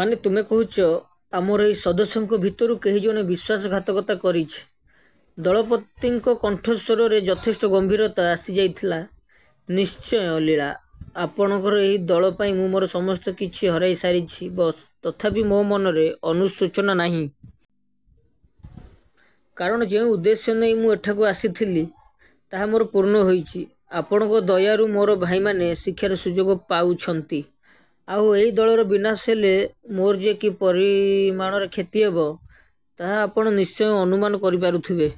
ମାନେ ତୁମେ କହୁଛ ଆମର ଏହି ସଦସ୍ୟଙ୍କ ଭିତରୁ କେହି ଜଣେ ବିଶ୍ୱାସଘାତକତା କରିଛି? ଦଳପତିଙ୍କ କଣ୍ଠସ୍ୱରରେ ଯଥେଷ୍ଟ ଗମ୍ଭୀରତା ଆସିଯାଇଥିଲା। ନିଶ୍ଚୟ ଲୀଳା ଆପଣଙ୍କର ଏହି ଦଳ ପାଇଁ ମୁଁ ମୋର ସମସ୍ତ କିଛି ହରାଇସାରିଛି ବସ୍। ତଥାପି ମୋ ମନରେ ଅନୁଶୋଚନା ନାହିଁ। କାରଣ ଯେଉଁ ଉଦ୍ଦେଶ୍ୟ ନେଇ ମୁଁ ଏଠାକୁ ଆସିଥିଲି ତାହା ମୋର ପୂର୍ଣ୍ଣ ହୋଇଛି। ଆପଣଙ୍କ ଦୟାରୁ ମୋର ଭାଇମାନେ ଶିକ୍ଷାର ସୁଯୋଗ ପାଉଛନ୍ତି। ଆଉ ଏହି ଦଳର ବିନାଶ ହେଲେ ମୋର ଯେ କି ପରିମାଣରେ କ୍ଷତି ହେବ ତାହା ଆପଣ ନିଶ୍ଚୟ ଅନୁମାନ କରିପାରୁଥିବେ।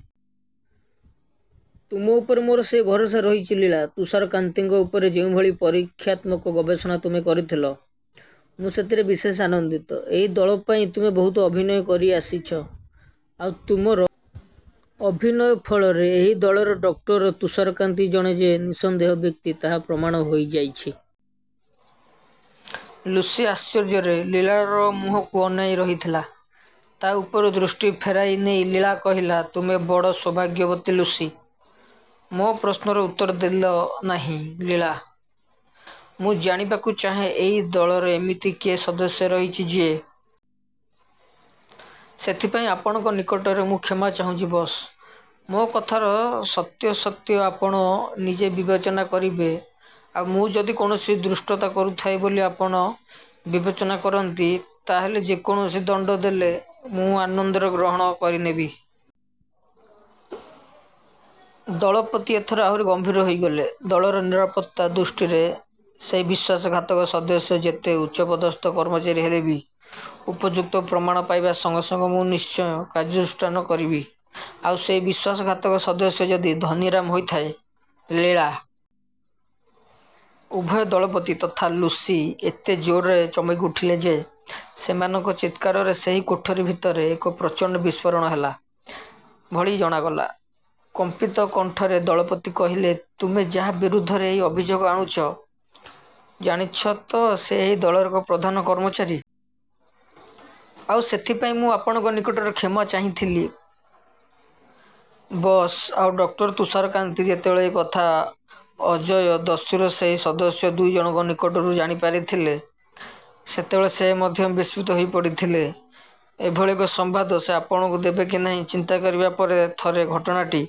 ତୁମ ଉପରେ ମୋର ସେହି ଭରସା ରହିଛି ଲୀଳା। ତୁଷାରକାନ୍ତିଙ୍କ ଉପରେ ଯେଉଁଭଳି ପରୀକ୍ଷାତ୍ମକ ଗବେଷଣା ତୁମେ କରିଥିଲ ମୁଁ ସେଥିରେ ବିଶେଷ ଆନନ୍ଦିତ। ଏହି ଦଳ ପାଇଁ ତୁମେ ବହୁତ ଅଭିନୟ କରିଆସିଛ। ଆଉ ତୁମର ଅଭିନୟ ଫଳରେ ଏହି ଦଳର ଡକ୍ଟର ତୁଷାରକାନ୍ତି ଜଣେ ଯେ ନିଃସନ୍ଦେହ ବ୍ୟକ୍ତି ତାହା ପ୍ରମାଣିତ ହୋଇଯାଇଛି। ଲୁସି ଆଶ୍ଚର୍ଯ୍ୟରେ ଲୀଳାର ମୁହଁକୁ ଅନାଇ ରହିଥିଲା। ତା’ ଉପରୁ ଦୃଷ୍ଟି ଫେରାଇ ନେଇ ଲୀଳା କହିଲା ତୁମେ ବଡ଼ ସୌଭାଗ୍ୟବତୀ ଲୁସି! ମୋ ପ୍ରଶ୍ନର ଉତ୍ତର ଦେଲ ନାହିଁ ଲୀଳା! ମୁଁ ଜାଣିବାକୁ ଚାହେଁ ଏହି ଦଳର ଏମିତି କିଏ ସଦସ୍ୟ ରହିଛି ଯିଏ... ସେଥିପାଇଁ ଆପଣଙ୍କ ନିକଟରେ ମୁଁ କ୍ଷମା ଚାହୁଁଛି ବସ୍। ମୋ କଥାର ସତ୍ୟାସତ୍ୟ ଆପଣ ନିଜେ ବିବେଚନା କରିବେ। ଆଉ ମୁଁ ଯଦି କୌଣସି ଧୃଷ୍ଟତା କରୁଥାଏ ବୋଲି ଆପଣ ବିବେଚନା କରନ୍ତି ତା’ ହେଲେ ଯେ କୌଣସି ଦଣ୍ଡ ଦେଲେ ମୁଁ ଆନନ୍ଦରେ ଗ୍ରହଣ କରିନେବି। ଦଳପତି ଏଥର ଆହୁରି ଗମ୍ଭୀର ହୋଇଗଲେ। ଦଳର ନିରାପତ୍ତା ଦୃଷ୍ଟିରେ ସେହି ବିଶ୍ୱାସଘାତକ ସଦସ୍ୟ ଯେତେ ଉଚ୍ଚପଦସ୍ଥ କର୍ମଚାରୀ ହେଲେ ବି ଉପଯୁକ୍ତ ପ୍ରମାଣ ପାଇବା ସଙ୍ଗେ ସଙ୍ଗେ ମୁଁ ନିଶ୍ଚୟ କାର୍ଯ୍ୟାନୁଷ୍ଠାନ କରିବି। ଆଉ ସେହି ବିଶ୍ୱାସଘାତକ ସଦସ୍ୟ ଯଦି ଧନୀରାମ ହୋଇଥାଏ? ଲୀଳା! ଉଭୟ ଦଳପତି ତଥା ଲୁସି ଏତେ ଜୋରରେ ଚମକିଉଠିଲେ ଯେ ସେମାନଙ୍କ ଚିତ୍କାରରେ ସେହି କୋଠରି ଭିତରେ ଏକ ପ୍ରଚଣ୍ଡ ବିସ୍ଫୋରଣ ହେଲା ଭଳି ଜଣାଗଲା। କମ୍ପିତ କଣ୍ଠରେ ଦଳପତି କହିଲେ ତୁମେ ଯାହା ବିରୁଦ୍ଧରେ ଏହି ଅଭିଯୋଗ ଆଣୁଛ ଜାଣିଛ ତ ସେ ଏହି ଦଳର ଏକ ପ୍ରଧାନ କର୍ମଚାରୀ! ଆଉ ସେଥିପାଇଁ ମୁଁ ଆପଣଙ୍କ ନିକଟରେ କ୍ଷମା ଚାହିଁଥିଲି ବସ୍। ଆଉ ଡକ୍ଟର ତୁଷାରକାନ୍ତି ଯେତେବେଳେ ଏହି କଥା ଅଜୟ ଦସ୍ୟୁର ସେହି ସଦସ୍ୟ ଦୁଇ ଜଣଙ୍କ ନିକଟରୁ ଜାଣିପାରିଥିଲେ ସେତେବେଳେ ସେ ମଧ୍ୟ ବିସ୍ମିତ ହୋଇପଡ଼ିଥିଲେ। ଏଭଳି ଏକ ସମ୍ବାଦ ସେ ଆପଣଙ୍କୁ ଦେବେ କି ନାହିଁ ଚିନ୍ତା କରିବା ପରେ ଥରେ ଘଟଣାଟି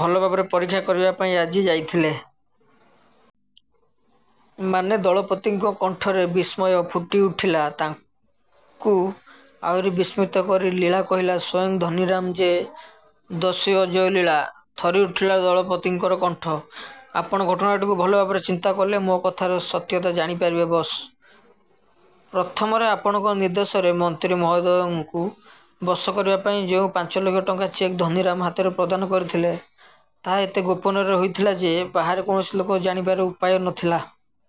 ଭଲ ଭାବରେ ପରୀକ୍ଷା କରିବା ପାଇଁ ଆଜି ଯାଇଥିଲେ। ମାନେ? ଦଳପତିଙ୍କ କଣ୍ଠରେ ବିସ୍ମୟ ଫୁଟିଉଠିଲା। ତାଙ୍କୁ ଆହୁରି ବିସ୍ମିତ କରି ଲୀଳା କହିଲା ସ୍ୱୟଂ ଧନୀରାମ ଯେ ଦସ୍ୟୁ ଅଜୟ ଲୀଳା! ଥରିଉଠିଲା ଦଳପତିଙ୍କର କଣ୍ଠ। ଆପଣ ଘଟଣାଟିକୁ ଭଲ ଭାବରେ ଚିନ୍ତା କଲେ ମୋ କଥାର ସତ୍ୟତା ଜାଣିପାରିବେ ବସ୍। ପ୍ରଥମରେ ଆପଣଙ୍କ ନିର୍ଦ୍ଦେଶରେ ମନ୍ତ୍ରୀ ମହୋଦୟଙ୍କୁ ବଶ କରିବା ପାଇଁ ଯେଉଁ ପାଞ୍ଚ ଲକ୍ଷ ଟଙ୍କାର ଚେକ୍ ଧନୀରାମ ହାତରେ ପ୍ରଦାନ କରିଥିଲେ ତାହା ଏତେ ଗୋପନରେ ହୋଇଥିଲା ଯେ ବାହାରେ କୌଣସି ଲୋକ ଜାଣିବାର ଉପାୟ ନ ଥିଲା।